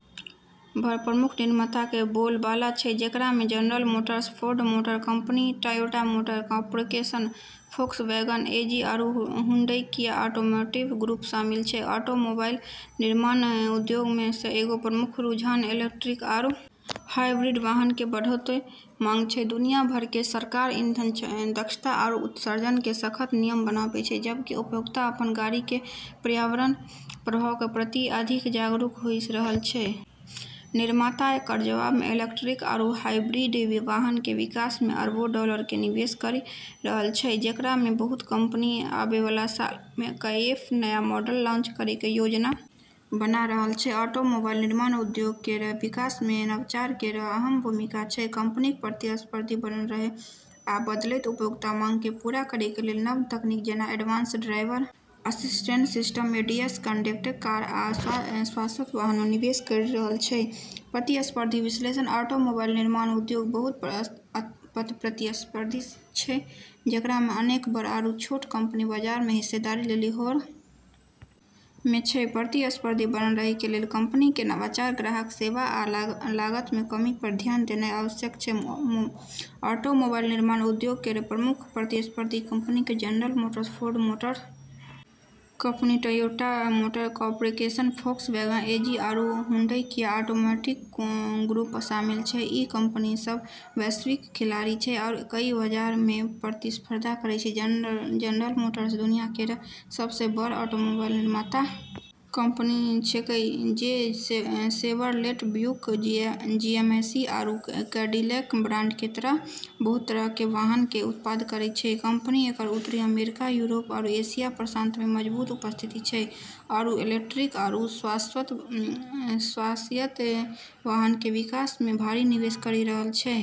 भर प्रमुख निर्माता के बोलबाला छै जेकरा मे General Motors, Ford Motor Company, Toyota Motor Corporation, Volkswagen AG आरू हुंडई-किया ऑटोमोटिव ग्रुप शामिल छै, ऑटोमोबाइल निर्माण उद्योग मँ एगो प्रमुख रुझान इलेक्ट्रिक आरू हाइब्रिड वाहन के बढ़तौ मांग छै, दुनिया भर के सरकार ईंधन दक्षता आरू उत्सर्जन के सख्त नियम बनाबै छै, जबकि उपभोक्ता अपनऽ गाड़ी के पर्यावरणीय प्रभाव के प्रति अधिक जागरूक होय रहलऽ छै, निर्माता एकरऽ जवाब मे इलेक्ट्रिक आरू हाइब्रिड वाहन के विकास मे अरबों डॉलर के निवेश करी रहलऽ छै जेकरा मे बहुत कंपनी आबै वाला सालऽ मे कईएक नया मॉडल लॉन्च करै के योजना बना रहलऽ छै, ऑटोमोबाइल निर्माण उद्योग केरऽ विकास मे भी नवाचार केरऽ अहम भूमिका छै, कंपनीक प्रतिस्पर्धी बनल रहय आ बदलैत उपभोक्ता मांग कें पूरा करय कें लेल नव तकनीक जेना advance driver assistance system ADAS, connected car आ स्वायत्त वाहन मे निवेश कयर रहल छै, प्रतिस्पर्धी विश्लेषण ऑटोमोबाइल निर्माण उद्योग बहुत प्रतिस्पर्धी छै जेकरा मे अनेक बड़ऽ आरू छोटऽ कंपनी बाजार मे हिस्सेदारी लेली होड़ मे छै, प्रतिस्पर्धी बनल रहय कें लेल कंपनीक कें नवाचार, ग्राहक सेवा आ लागत मे कमी पर ध्यान देनाय आवश्यक छै, ऑटोमोबाइल निर्माण उद्योग केरऽ प्रमुख प्रतिस्पर्धी कंपनी मे General Motors, Ford Motor Company, Toyota Motor Corporation, Volkswagen AG आरू हुंडई-किया ऑटोमोटिव ग्रुप शामिल छै, ई कंपनी सब वैश्विक खिलाड़ी छै आरू कई बाजारऽ मे प्रतिस्पर्धा करै छै, जनरल मोटर्स दुनिया केरऽ सबसें बड़ऽ ऑटोमोबाइल निर्माता कंपनी छेकै जे शेवरलेट, ब्यूक, जीएमसी आरू कैडिलैक ब्रांड के तहत बहुत तरह के वाहन के उत्पादन करै छै, कंपनी केरऽ उत्तरी अमेरिका, यूरोप आरू एशिया-प्रशांत मे मजबूत उपस्थिति छै आरू इलेक्ट्रिक आरू स्वायत्त वाहन के विकास मे भारी निवेश करी रहलऽ छै।